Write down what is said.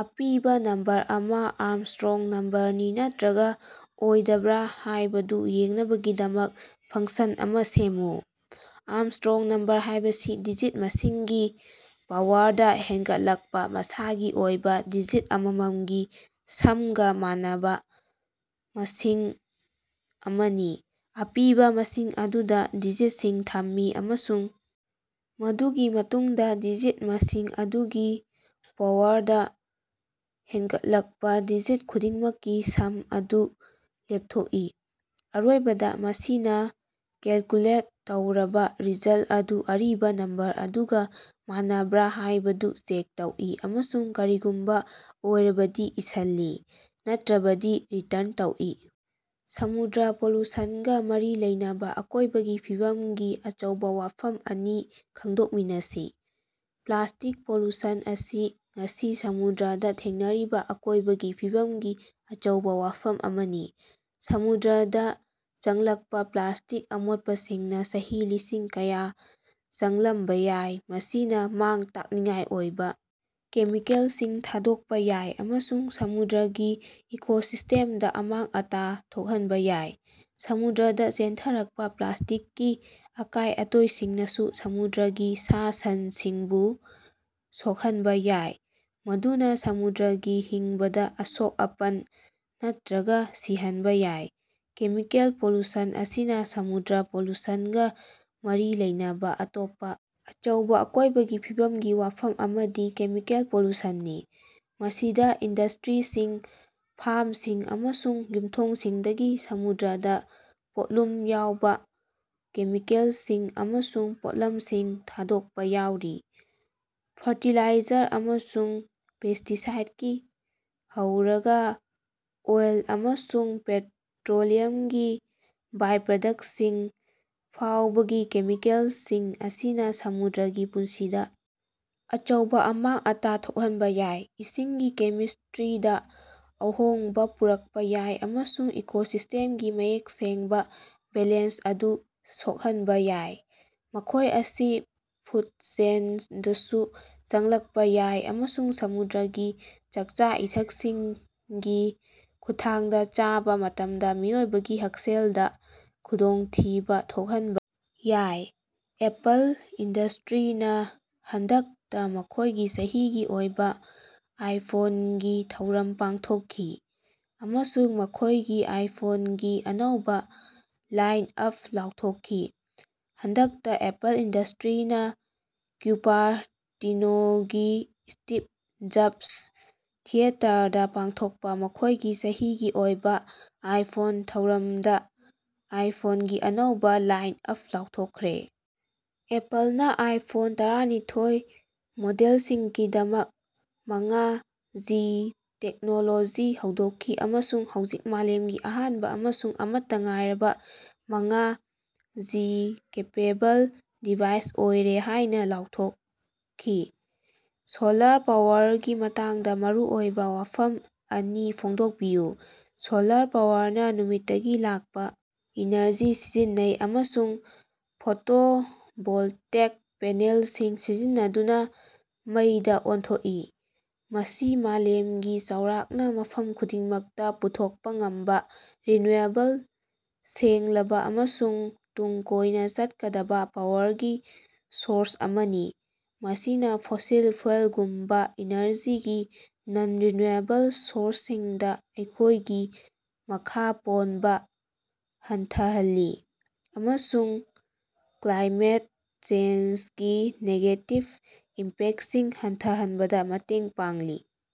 ꯑꯄꯤꯕꯥ ꯅꯝꯕꯔ ꯑꯃꯥ ꯑꯥꯔꯝꯁꯇ꯭ꯔꯣꯡ ꯅꯝꯕꯔꯅꯤ ꯅꯠꯇ꯭ꯔꯒꯥ ꯑꯣꯏꯗꯕ꯭ꯔꯥ ꯍꯥꯏꯕꯗꯨ ꯌꯦꯡꯅꯕꯒꯤꯗꯃꯛ ꯐꯪꯁꯟ ꯑꯃꯥ ꯁꯦꯝꯃꯨ꯫ ꯑꯥꯔꯝꯁꯇ꯭ꯔꯣꯡ ꯅꯝꯕꯔ ꯍꯥꯕꯁꯤ ꯗꯤꯖꯤꯠ ꯃꯁꯤꯡꯒꯤ ꯄꯥꯋꯔꯗꯥ ꯍꯦꯟꯒꯠꯂꯛꯄꯥ ꯃꯁꯥꯒꯤ ꯑꯣꯏꯕꯥ ꯗꯤꯖꯤꯠ ꯑꯃꯃꯝꯒꯤ ꯁꯝꯒꯥ ꯃꯥꯟꯅꯕꯥ ꯃꯁꯤꯡ ꯑꯃꯅꯤ꯫ ꯑꯄꯤꯕꯥ ꯃꯁꯤꯡ ꯑꯗꯨꯗꯥ ꯗꯤꯖꯤꯠꯁꯤꯡ ꯊꯝꯃꯤ ꯑꯃꯁꯨꯡ ꯃꯗꯨꯒꯤ ꯃꯇꯨꯡꯗꯥ ꯗꯤꯖꯤꯠ ꯃꯁꯤꯡ ꯑꯗꯨꯒꯤ ꯄꯥꯋꯔꯗꯥ ꯍꯦꯟꯒꯠꯂꯛꯄꯥ ꯗꯤꯖꯤꯠ ꯈꯨꯗꯤꯡꯃꯛꯀꯤ ꯁꯝ ꯑꯗꯨ ꯂꯦꯞꯊꯣꯛꯏ꯫ ꯑꯔꯣꯏꯕꯗꯥ, ꯃꯁꯤꯅꯥ ꯀꯦꯜꯀꯨꯂꯦꯠ ꯇꯧꯔꯕꯥ ꯔꯤꯖꯜ ꯑꯗꯨ ꯑꯔꯤꯕꯥ ꯅꯝꯕꯔ ꯑꯗꯨꯒꯥ ꯃꯥꯟꯅꯕ꯭ꯔꯥ ꯍꯥꯏꯕꯗꯨ ꯆꯦꯛ ꯇꯧꯏ ꯑꯃꯁꯨꯡ ꯀꯔꯤꯒꯨꯝꯕꯥ ꯑꯣꯏꯔꯕꯗꯤ ꯏꯁꯜꯂꯤ, ꯅꯠꯇ꯭ꯔꯕꯗꯤ ꯔꯤꯇ꯭ꯔꯟ ꯇꯧꯏ꯫ ꯁꯃꯨꯗ꯭ꯔ ꯄꯣꯂꯨꯁꯟꯒꯥ ꯃꯔꯤ ꯂꯩꯅꯕꯥ ꯑꯀꯣꯏꯕꯒꯤ ꯐꯤꯕꯝꯒꯤ ꯑꯆꯧꯕꯥ ꯋꯥꯐꯝ ꯑꯅꯤ ꯈꯪꯗꯣꯛꯃꯤꯅꯁꯤ꯫ ꯄ꯭ꯂꯥꯁꯇꯤꯛ ꯄꯣꯂꯨꯁꯟ ꯑꯁꯤ ꯉꯁꯤ ꯁꯃꯨꯗ꯭ꯔꯗꯥ ꯊꯦꯡꯅꯔꯤꯕꯥ ꯑꯀꯣꯏꯕꯒꯤ ꯐꯤꯕꯝꯒꯤ ꯑꯆꯧꯕꯥ ꯋꯥꯐꯝ ꯑꯃꯅꯤ꯫ ꯁꯃꯨꯗ꯭ꯔꯗꯥ ꯆꯪꯂꯛꯄꯥ ꯄ꯭ꯂꯥꯁꯇꯤꯛ ꯑꯃꯣꯠꯄꯁꯤꯡꯅꯥ ꯆꯍꯤ ꯂꯤꯁꯤꯡ ꯀꯌꯥ ꯆꯪꯂꯝꯕꯥ ꯌꯥꯏ, ꯃꯁꯤꯅꯥ ꯃꯥꯡ-ꯇꯥꯛꯅꯤꯡꯉꯥꯏ ꯑꯣꯏꯕꯥ ꯀꯦꯃꯤꯀꯦꯜꯁꯤꯡ ꯊꯥꯗꯣꯛꯄꯥ ꯌꯥꯏ ꯑꯃꯁꯨꯡ ꯁꯃꯨꯗ꯭ꯔꯒꯤ ꯏꯀꯣꯁꯤꯁꯇꯦꯝꯗꯥ ꯑꯃꯥꯡ-ꯑꯇꯥ ꯊꯣꯛꯍꯟꯕꯥ ꯌꯥꯏ꯫ ꯁꯃꯨꯗ꯭ꯔꯗꯥ ꯆꯦꯟꯊꯔꯛꯄꯥ ꯄ꯭ꯂꯥꯁꯇꯤꯛꯀꯤ ꯑꯀꯥꯏ-ꯑꯇꯣꯏꯁꯤꯡꯅꯁꯨ ꯁꯃꯨꯗ꯭ꯔꯒꯤ ꯁꯥ-ꯁꯟꯁꯤꯡꯕꯨ ꯁꯣꯛꯍꯟꯕꯥ ꯌꯥꯏ, ꯃꯗꯨꯅꯥ ꯁꯃꯨꯗ꯭ꯔꯒꯤ ꯍꯤꯡꯕꯗꯥ ꯑꯁꯣꯛ-ꯑꯄꯟ ꯅꯠꯇ꯭ꯔꯒꯥ ꯁꯤꯍꯟꯕꯥ ꯌꯥꯏ꯫ ꯀꯦꯃꯤꯀꯦꯜ ꯄꯣꯂꯨꯁꯟ ꯑꯁꯤꯅ ꯁꯃꯨꯗ꯭ꯔ ꯄꯣꯂꯨꯁꯟ ꯒꯥ ꯃꯔꯤ ꯂꯩꯅꯕꯥ ꯑꯇꯣꯞꯄꯥ ꯑꯆꯧꯕꯥ ꯑꯀꯣꯏꯕꯒꯤ ꯐꯤꯕꯝꯒꯤ ꯋꯥꯐꯝ ꯑꯃꯗꯤ ꯀꯦꯃꯤꯀꯦꯜ ꯄꯣꯂꯨꯁꯟꯅꯤ, ꯃꯁꯤꯗꯥ ꯏꯟꯗꯁꯇ꯭ꯔꯤꯁꯤꯡ, ꯐꯥꯝꯁꯤꯡ ꯑꯃꯁꯨꯡ ꯌꯨꯝꯊꯣꯡꯁꯤꯡꯗꯒꯤ ꯁꯃꯨꯗ꯭ꯔꯗꯥ ꯄꯣꯠꯂꯨꯝ ꯌꯥꯎꯕꯥ ꯀꯦꯃꯤꯀꯦꯜꯁꯤꯡ ꯑꯃꯁꯨꯡ ꯄꯣꯠꯂꯝꯁꯤꯡ ꯊꯥꯗꯣꯛꯄꯥ ꯌꯥꯎꯔꯤ꯫ ꯐꯔꯇꯤꯂꯥꯏꯖꯔ ꯑꯃꯁꯨꯡ ꯄꯦꯁꯇꯤꯁꯥꯏꯠꯀꯤ ꯍꯧꯔꯒꯥ ꯑꯣꯏꯜ ꯑꯃꯁꯨꯡ ꯄꯦꯇ꯭ꯔꯣꯂꯤꯌꯝꯒꯤ ꯕꯥꯏꯄ꯭ꯔꯗꯛꯁꯁꯤꯡ ꯐꯥꯎꯕꯒꯤ ꯀꯦꯃꯤꯀꯦꯜꯁꯤꯡ ꯑꯁꯤꯅꯥ ꯁꯃꯨꯗ꯭ꯔꯒꯤ ꯄꯨꯟꯁꯤꯗꯥ ꯑꯆꯧꯕꯥ ꯑꯃꯥꯡ-ꯑꯇꯥ ꯊꯣꯛꯍꯟꯕꯥ ꯌꯥꯏ, ꯏꯁꯤꯡꯒꯤ ꯀꯦꯃꯤꯁꯇ꯭ꯔꯤꯗꯥ ꯑꯍꯣꯡꯕꯥ ꯄꯨꯔꯛꯄꯥ ꯌꯥꯏ ꯑꯃꯁꯨꯡ ꯏꯀꯣꯁꯤꯁꯇꯦꯝꯒꯤ ꯃꯌꯦꯛ ꯁꯦꯡꯕꯥ ꯕꯦꯂꯦꯟꯁ ꯑꯗꯨ ꯁꯣꯛꯍꯟꯕꯥ ꯌꯥꯏ꯫ ꯃꯈꯣꯏ ꯑꯁꯤ ꯐꯨꯠ ꯆꯦꯟꯗꯁꯨ ꯆꯪꯂꯛꯄꯥ ꯌꯥꯏ ꯑꯃꯁꯨꯡ ꯁꯃꯨꯗ꯭ꯔꯒꯤ ꯆꯥꯛꯆꯥ-ꯏꯊꯛꯁꯤꯡꯒꯤ ꯈꯨꯠꯊꯥꯡꯗꯥ ꯆꯥꯕꯥ ꯃꯇꯝꯗꯥ ꯃꯤꯑꯣꯏꯕꯒꯤ ꯍꯛꯁꯦꯜꯗꯥ ꯈꯨꯗꯣꯡꯊꯤꯕꯥ ꯊꯣꯛꯍꯟꯕꯥ ꯌꯥꯏ꯫ ꯑꯦꯄꯜ ꯏꯟꯗꯁꯇ꯭ꯔꯤꯅꯥ ꯍꯟꯗꯛꯇꯥ ꯃꯈꯣꯏꯒꯤ ꯆꯍꯤꯒꯤ ꯑꯣꯏꯕꯥ ꯑꯥꯏꯐꯣꯟꯒꯤ ꯊꯧꯔꯝ ꯄꯥꯡꯊꯣꯛꯈꯤ ꯑꯃꯁꯨꯡ ꯃꯈꯣꯏꯒꯤ ꯑꯥꯏꯐꯣꯟꯒꯤ ꯑꯅꯧꯕꯥ ꯂꯥꯏꯟꯑꯞ ꯂꯥꯎꯊꯣꯛꯈꯤ꯫ ꯍꯟꯗꯛꯇꯥ ꯑꯦꯄꯜ ꯏꯟꯗꯁꯇ꯭ꯔꯤꯅꯥ ꯀ꯭ꯌꯨꯄꯥꯔꯇꯤꯅꯣꯒꯤ ꯁ꯭ꯇꯤꯞ ꯖꯞꯁ ꯊꯤꯌꯦꯇꯔꯗꯥ ꯄꯥꯡꯊꯣꯛꯄꯥ ꯃꯈꯣꯏꯒꯤ ꯆꯍꯤꯒꯤ ꯑꯣꯏꯕꯥ ꯑꯥꯏꯐꯣꯟ ꯊꯧꯔꯝꯗꯥ ꯑꯥꯏꯐꯣꯟꯒꯤ ꯑꯅꯧꯕꯥ ꯂꯥꯏꯟꯑꯞ ꯂꯥꯎꯊꯣꯛꯈ꯭ꯔꯦ꯫ ꯑꯦꯄꯜꯅꯥ ꯑꯥꯏꯐꯣꯟ ꯇꯔꯥꯅꯤꯊꯣꯏ ꯃꯣꯗꯦꯜꯁꯤꯡꯒꯤꯗꯃꯛ ꯃꯉꯥ ꯖꯤ ꯇꯦꯛꯅꯣꯂꯣꯖꯤ ꯍꯧꯗꯣꯛꯈꯤ ꯑꯃꯁꯨꯡ ꯍꯧꯖꯤꯛ ꯃꯥꯂꯦꯝꯒꯤ ꯑꯍꯥꯟꯕꯥ ꯑꯃꯁꯨꯡ ꯑꯃꯠꯇꯥ ꯉꯥꯏꯔꯕꯥ ꯃꯉꯥ ꯖꯤ ꯀꯦꯄꯦꯕꯜ ꯗꯤꯚꯥꯏꯁ ꯑꯣꯏꯔꯦ ꯍꯥꯏꯅꯥ ꯂꯥꯎꯊꯣꯛꯈꯤ꯫ ꯁꯣꯂꯥꯔ ꯄꯥꯋꯔꯒꯤ ꯃꯇꯥꯡꯗꯥ ꯃꯔꯨꯑꯣꯏꯕꯥ ꯋꯥꯐꯝ ꯑꯅꯤ ꯐꯣꯡꯗꯣꯛꯄꯤꯌꯨ꯫ ꯁꯣꯂꯥꯔ ꯄꯥꯋꯔꯅꯥ ꯅꯨꯃꯤꯠꯇꯒꯤ ꯂꯥꯛꯄꯥ ꯏꯅꯔꯖꯤ ꯁꯤꯖꯤꯟꯅꯩ ꯑꯃꯁꯨꯡ ꯐꯣꯇꯣꯚꯣꯜꯇꯦꯛ ꯄꯦꯅꯦꯜꯁꯤꯡ ꯁꯤꯖꯤꯟꯅꯗꯨꯅꯥ ꯃꯩꯗꯥ ꯑꯣꯟꯊꯣꯛꯏ꯫ ꯃꯁꯤ ꯃꯥꯂꯦꯝꯒꯤ ꯆꯥꯎꯔꯥꯛꯅꯥ ꯃꯐꯝ ꯈꯨꯗꯤꯡꯃꯛꯇꯥ ꯄꯨꯊꯣꯛꯄꯥ ꯉꯝꯕꯥ ꯔꯤꯅ꯭ꯌꯨꯑꯦꯕꯜ, ꯁꯦꯡꯂꯕꯥ ꯑꯃꯁꯨꯡ ꯇꯨꯡ ꯀꯣꯏꯅꯥ ꯆꯠꯀꯗꯕꯥ ꯄꯥꯋꯔꯒꯤ ꯁꯣꯔꯁ ꯑꯃꯅꯤ, ꯃꯁꯤꯅꯥ ꯐꯣꯁꯤꯜ ꯐ꯭ꯌꯨꯑꯦꯜꯒꯨꯝꯕꯥ ꯏꯅꯔꯖꯤꯒꯤ ꯅꯟ-ꯔꯤꯅ꯭ꯌꯨꯑꯦꯕꯜ ꯁꯣꯔꯁꯁꯤꯡꯗꯥ ꯑꯩꯈꯣꯏꯒꯤ ꯃꯈꯥ ꯄꯣꯟꯕꯥ ꯍꯟꯊꯍꯜꯂꯤ ꯑꯃꯁꯨꯡ ꯀ꯭ꯂꯥꯏꯃꯦꯠ ꯆꯦꯟꯖꯒꯤ ꯅꯦꯒꯦꯇꯤꯕ ꯏꯝꯄꯦꯛꯁꯤꯡ ꯍꯟꯊꯍꯟꯕꯗꯥ ꯃꯇꯦꯡ ꯄꯥꯡꯂꯤ꯫